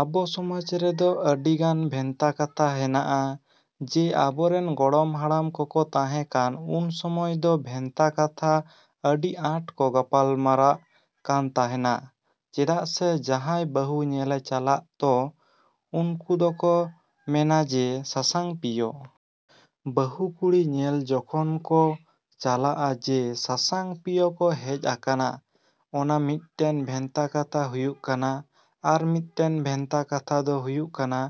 ᱟᱵᱚ ᱥᱚᱢᱟᱡᱽ ᱨᱮᱫᱚ ᱟᱹᱰᱤᱜᱟᱱ ᱵᱷᱮᱱᱛᱟ ᱠᱟᱛᱷᱟ ᱦᱮᱱᱟᱜᱼᱟ᱾ ᱡᱮ, ᱟᱵᱚᱨᱮᱱ ᱜᱚᱲᱚᱢ ᱦᱟᱲᱟᱢ ᱠᱚᱠᱚ ᱛᱟᱦᱮᱸᱠᱟᱱ ᱩᱱ ᱥᱚᱢᱚᱭ ᱫᱚ ᱵᱷᱮᱱᱛᱟ ᱠᱟᱛᱷᱟ ᱟᱹᱰᱤ ᱟᱸᱴ ᱠᱚ ᱜᱟᱯᱟᱞ ᱢᱟᱨᱟᱜ ᱠᱟᱱ ᱛᱟᱦᱮᱸᱱᱟ᱾ ᱪᱮᱫᱟᱜ ᱥᱮ ᱡᱟᱦᱟᱸᱭ ᱵᱟᱹᱦᱩ ᱧᱮᱞᱮ ᱪᱟᱞᱟᱜ ᱛᱚ, ᱩᱱᱠᱩ ᱫᱚᱠᱚ ᱢᱮᱱᱟ ᱡᱮ, ᱥᱟᱥᱟᱝ ᱯᱤᱭᱳ᱾ ᱵᱟᱹᱦᱩ ᱠᱩᱲᱤ ᱧᱮᱞ ᱡᱚᱠᱷᱚᱱ ᱠᱚ ᱪᱟᱞᱟᱜ-ᱟ ᱡᱮ ᱥᱟᱥᱟᱝ ᱯᱤᱭᱳ ᱠᱚ ᱦᱮᱡ ᱟᱠᱟᱱᱟ᱾ ᱚᱱᱟ ᱢᱤᱫᱴᱮᱱ ᱵᱷᱮᱱᱛᱟ ᱠᱟᱛᱷᱟ ᱦᱩᱭᱩᱜ ᱠᱟᱱᱟ᱾ ᱟᱨ ᱢᱤᱫᱴᱮᱱ ᱵᱷᱮᱱᱛᱟ ᱠᱟᱛᱷᱟ ᱫᱚ ᱦᱩᱭᱩᱜ ᱠᱟᱱᱟ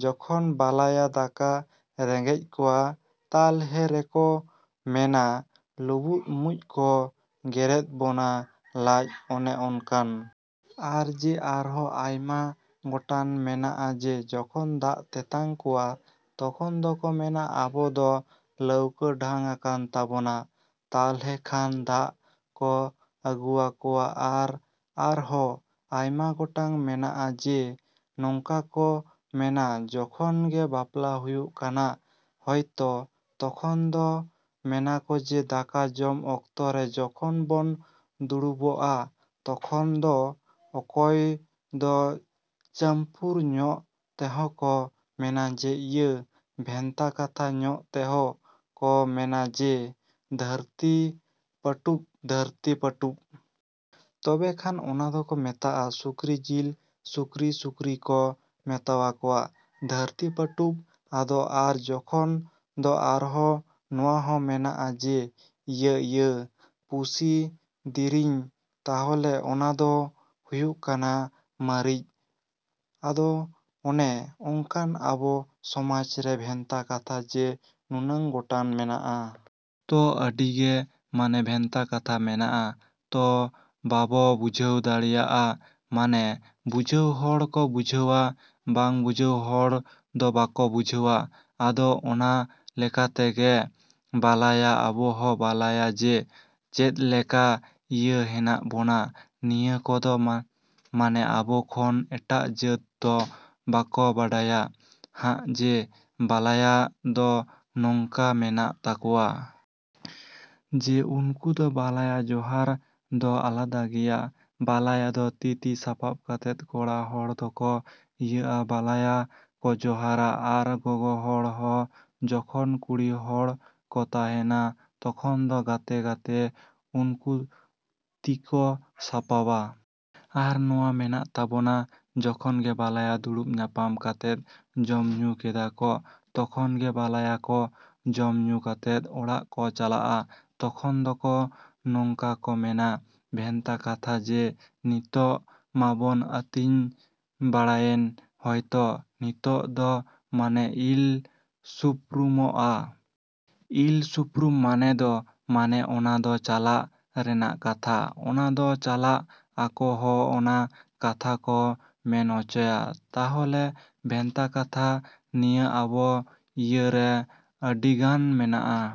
ᱡᱚᱠᱷᱚᱱ ᱵᱟᱞᱟᱭᱟ ᱫᱟᱠᱟ ᱨᱮᱸᱜᱮᱡ ᱠᱚᱣᱟ ᱛᱟᱞᱦᱮ ᱨᱮᱠᱚ ᱢᱮᱱᱟ ᱞᱩᱵᱩᱜ ᱢᱩᱡᱽ ᱠᱚ ᱜᱮᱨᱮᱫ ᱵᱚᱱᱟ ᱞᱟᱡ, ᱚᱱᱮ ᱚᱱᱠᱟᱱ᱾ ᱟᱨ ᱡᱮ, ᱟᱨᱦᱚᱸ ᱟᱭᱢᱟ ᱜᱚᱴᱟᱝ ᱢᱮᱱᱟᱜ-ᱟ ᱡᱮ, ᱡᱚᱠᱷᱚᱱ ᱫᱟᱜ ᱛᱮᱛᱟᱝ ᱠᱚᱣᱟ, ᱛᱚᱠᱷᱚᱱ ᱫᱚᱠᱚ ᱢᱮᱱᱟ ᱟᱵᱚ ᱫᱚ ᱞᱟᱹᱣᱠᱟᱹ ᱰᱷᱟᱝ ᱟᱠᱟᱱ ᱛᱟᱵᱚᱱᱟ᱾ ᱛᱟᱞᱦᱮ ᱠᱷᱟᱱ ᱫᱟᱜ ᱠᱚ ᱟᱹᱜᱩᱣᱟᱠᱚᱣᱟ᱾ ᱟᱨ, ᱟᱨᱦᱚᱸ ᱟᱭᱢᱟ ᱜᱚᱴᱟᱝ ᱢᱮᱱᱟᱜ-ᱟ ᱡᱮ, ᱱᱚᱝᱠᱟ ᱠᱚ ᱢᱮᱱᱟ ᱡᱚᱠᱷᱚᱱ ᱜᱮ ᱵᱟᱯᱞᱟ ᱦᱩᱭᱩᱜ ᱠᱟᱱᱟ ᱦᱚᱭᱛᱚ ᱛᱚᱠᱷᱚᱱ ᱫᱚ ᱢᱮᱱᱟᱠᱚ ᱡᱮ, ᱫᱟᱠᱟ ᱡᱚᱢ ᱚᱠᱛᱚ ᱨᱮ ᱡᱚᱠᱷᱚᱱ ᱵᱚᱱ ᱫᱩᱲᱩᱵᱚᱜ-ᱟ ᱛᱚᱠᱷᱚᱱ ᱫᱚ ᱚᱠᱚᱭ ᱫᱚ ᱪᱟᱹᱢᱯᱩᱨ ᱧᱚᱜ ᱛᱮᱦᱚᱸ ᱠᱚ ᱢᱮᱱᱟ ᱡᱮ, ᱤᱭᱟᱹ ᱵᱷᱮᱱᱛᱟ ᱠᱟᱛᱷᱟ ᱧᱚᱜ ᱛᱮᱦᱚᱸ ᱠᱚ ᱢᱮᱱᱟ ᱡᱮ, ᱫᱷᱟᱹᱨᱛᱤ ᱯᱟᱹᱴᱩᱵ, ᱫᱷᱟᱹᱨᱛᱤ ᱯᱟᱹᱴᱩᱵ᱾ ᱛᱚᱵᱮ ᱠᱷᱟᱱ ᱚᱱᱟ ᱫᱚᱠᱚ ᱢᱮᱛᱟᱜ-ᱟ ᱥᱩᱠᱨᱤ ᱡᱤᱞ, ᱥᱩᱠᱨᱤ, ᱥᱩᱠᱨᱤ ᱠᱚ ᱢᱮᱛᱟᱣᱟᱠᱚᱣᱟ ᱫᱷᱟᱹᱨᱛᱤ ᱯᱟᱹᱴᱩᱵ ᱟᱫᱚ ᱟᱨ ᱡᱚᱠᱷᱚᱱ ᱫᱚ ᱟᱨᱦᱚᱸ ᱱᱚᱣᱟ ᱦᱚᱸ ᱢᱮᱱᱟᱜ-ᱟ ᱡᱮ, ᱤᱭᱟᱹ ᱤᱭᱟᱹ ᱯᱩᱥᱤ ᱫᱤᱨᱤᱧ, ᱛᱟᱦᱚᱞᱮ ᱚᱱᱟ ᱫᱚ ᱦᱩᱭᱩᱜ ᱠᱟᱱᱟ ᱢᱟᱹᱨᱤᱪ᱾ ᱟᱫᱚ ᱚᱱᱮ ᱚᱝᱠᱟ ᱟᱵᱚ ᱥᱚᱢᱟᱡᱽ ᱨᱮ ᱵᱷᱮᱱᱛᱟ ᱠᱟᱛᱷᱟ ᱡᱮ, ᱱᱩᱱᱟᱹᱝ ᱜᱚᱴᱟᱝ ᱢᱮᱱᱟᱜ-ᱟ᱾ ᱛᱚ, ᱟᱹᱰᱤ ᱜᱮ ᱢᱟᱱᱮ ᱵᱷᱮᱱᱛᱟ ᱠᱟᱛᱷᱟ ᱢᱮᱱᱟᱜ-ᱟ, ᱛᱚ ᱵᱟᱵᱚ ᱵᱩᱡᱷᱟᱹᱣ ᱫᱟᱲᱮᱭᱟᱜ-ᱟ ᱢᱟᱱᱮ ᱵᱩᱡᱷᱟᱹᱣ ᱦᱚᱲ ᱠᱚ ᱵᱩᱡᱷᱟᱹᱣᱟ, ᱵᱟᱝ ᱵᱩᱡᱷᱟᱹᱣ ᱦᱚᱲ ᱫᱚ ᱵᱟᱠᱚ ᱵᱩᱡᱷᱟᱹᱣᱟ᱾ ᱟᱫᱚ ᱚᱱᱟ ᱞᱮᱠᱟ ᱛᱮᱜᱮ ᱵᱟᱞᱟᱭᱟ ᱟᱵᱚ ᱦᱚᱸ ᱵᱟᱞᱟᱭᱟ ᱡᱮ, ᱪᱮᱫᱞᱮᱠᱟ ᱤᱭᱟᱹ ᱦᱮᱱᱟᱜ ᱵᱚᱱᱟ ᱱᱤᱭᱟᱹ ᱠᱚᱫᱚ ᱢᱟᱱᱮ ᱟᱵᱚ ᱠᱷᱚᱱ ᱮᱴᱟᱜ ᱡᱟᱹᱛ ᱫᱚ ᱵᱟᱠᱚ ᱵᱟᱰᱟᱭᱟ ᱦᱟᱸᱜ ᱡᱮ, ᱵᱟᱞᱟᱭ ᱫᱚ ᱱᱚᱝᱠᱟ ᱢᱮᱱᱟᱜ ᱛᱟᱠᱚᱣᱟ᱾ ᱡᱮ, ᱩᱱᱠᱩ ᱫᱚ ᱵᱟᱞᱟᱭᱟ ᱡᱚᱦᱟᱨ ᱫᱚ ᱟᱞᱟᱫᱟ ᱜᱮᱭᱟ᱾ ᱵᱟᱞᱟᱭᱟ ᱫᱚ ᱛᱤ ᱛᱤ ᱥᱟᱯᱟᱵ ᱠᱟᱛᱮᱫ ᱠᱚᱲᱟ ᱦᱚᱲ ᱫᱚᱠᱚ ᱤᱭᱟᱹᱜ-ᱟ, ᱵᱟᱞᱟᱭᱟ ᱠᱚ ᱡᱚᱦᱟᱨᱟ᱾ ᱟᱨ ᱜᱚᱜᱚ ᱦᱚᱲ ᱦᱚᱸ ᱡᱚᱠᱷᱚᱱ ᱠᱩᱲᱤ ᱦᱚᱲ ᱠᱚ ᱛᱮᱦᱮᱱᱟ, ᱛᱚᱠᱷᱚᱱ ᱫᱚ ᱜᱟᱛᱮ ᱜᱟᱛᱮ ᱩᱱᱠᱩ ᱛᱤᱠᱚ ᱥᱟᱯᱟᱵᱟ᱾ ᱟᱨ ᱱᱚᱣᱟ ᱢᱮᱱᱟᱜ ᱛᱟᱵᱚᱱᱟ ᱡᱚᱠᱷᱚᱱ ᱜᱮ ᱵᱟᱞᱟᱭᱟ ᱫᱩᱲᱩᱵ ᱧᱟᱯᱟᱢ ᱠᱟᱛᱮᱫ ᱡᱚᱢ ᱧᱩ ᱠᱮᱫᱟ ᱠᱚ ᱛᱚᱠᱷᱚᱱ ᱜᱮ ᱵᱟᱞᱟᱭᱟ ᱠᱚ, ᱡᱚᱢ ᱧᱩ ᱠᱟᱛᱮᱫ ᱚᱲᱟᱜ ᱠᱚ ᱪᱟᱞᱟᱜ-ᱟ ᱛᱚᱠᱷᱚᱱ ᱫᱚᱠᱚ ᱱᱚᱝᱠᱟ ᱠᱚ ᱢᱮᱱᱟ ᱵᱷᱮᱱᱛᱟ ᱠᱟᱛᱷᱟ ᱡᱮ, ᱱᱤᱛᱚᱜ ᱢᱟᱵᱚᱱ ᱟᱹᱛᱤᱧ ᱵᱟᱲᱟᱭᱮᱱ ᱦᱚᱭᱛᱚ, ᱱᱤᱛᱚᱜ ᱫᱚ ᱢᱟᱱᱮ ᱤᱞ ᱥᱩᱯᱨᱩᱢᱚᱜ-ᱟ᱾ ᱤᱞ ᱥᱩᱯᱨᱩᱢ ᱢᱟᱱᱮ ᱫᱚ, ᱢᱟᱱᱮ ᱚᱱᱟ ᱫᱚ ᱪᱟᱞᱟᱜ ᱨᱮᱱᱟᱜ ᱠᱟᱛᱷᱟ᱾ ᱚᱱᱟ ᱫᱚ ᱪᱟᱞᱟᱜ ᱟᱠᱚ ᱦᱚᱸ ᱚᱱᱟ ᱠᱟᱛᱷᱟ ᱠᱚ ᱢᱮᱱ ᱚᱪᱚᱭᱟ᱾ ᱛᱟᱦᱚᱞᱮ ᱵᱷᱮᱱᱛᱟ ᱠᱟᱛᱷᱟ ᱱᱤᱭᱟᱹ ᱟᱵᱚ ᱤᱭᱟᱹ ᱨᱮ ᱟᱹᱰᱤᱜᱟᱱ ᱢᱮᱱᱟᱜ-ᱟ।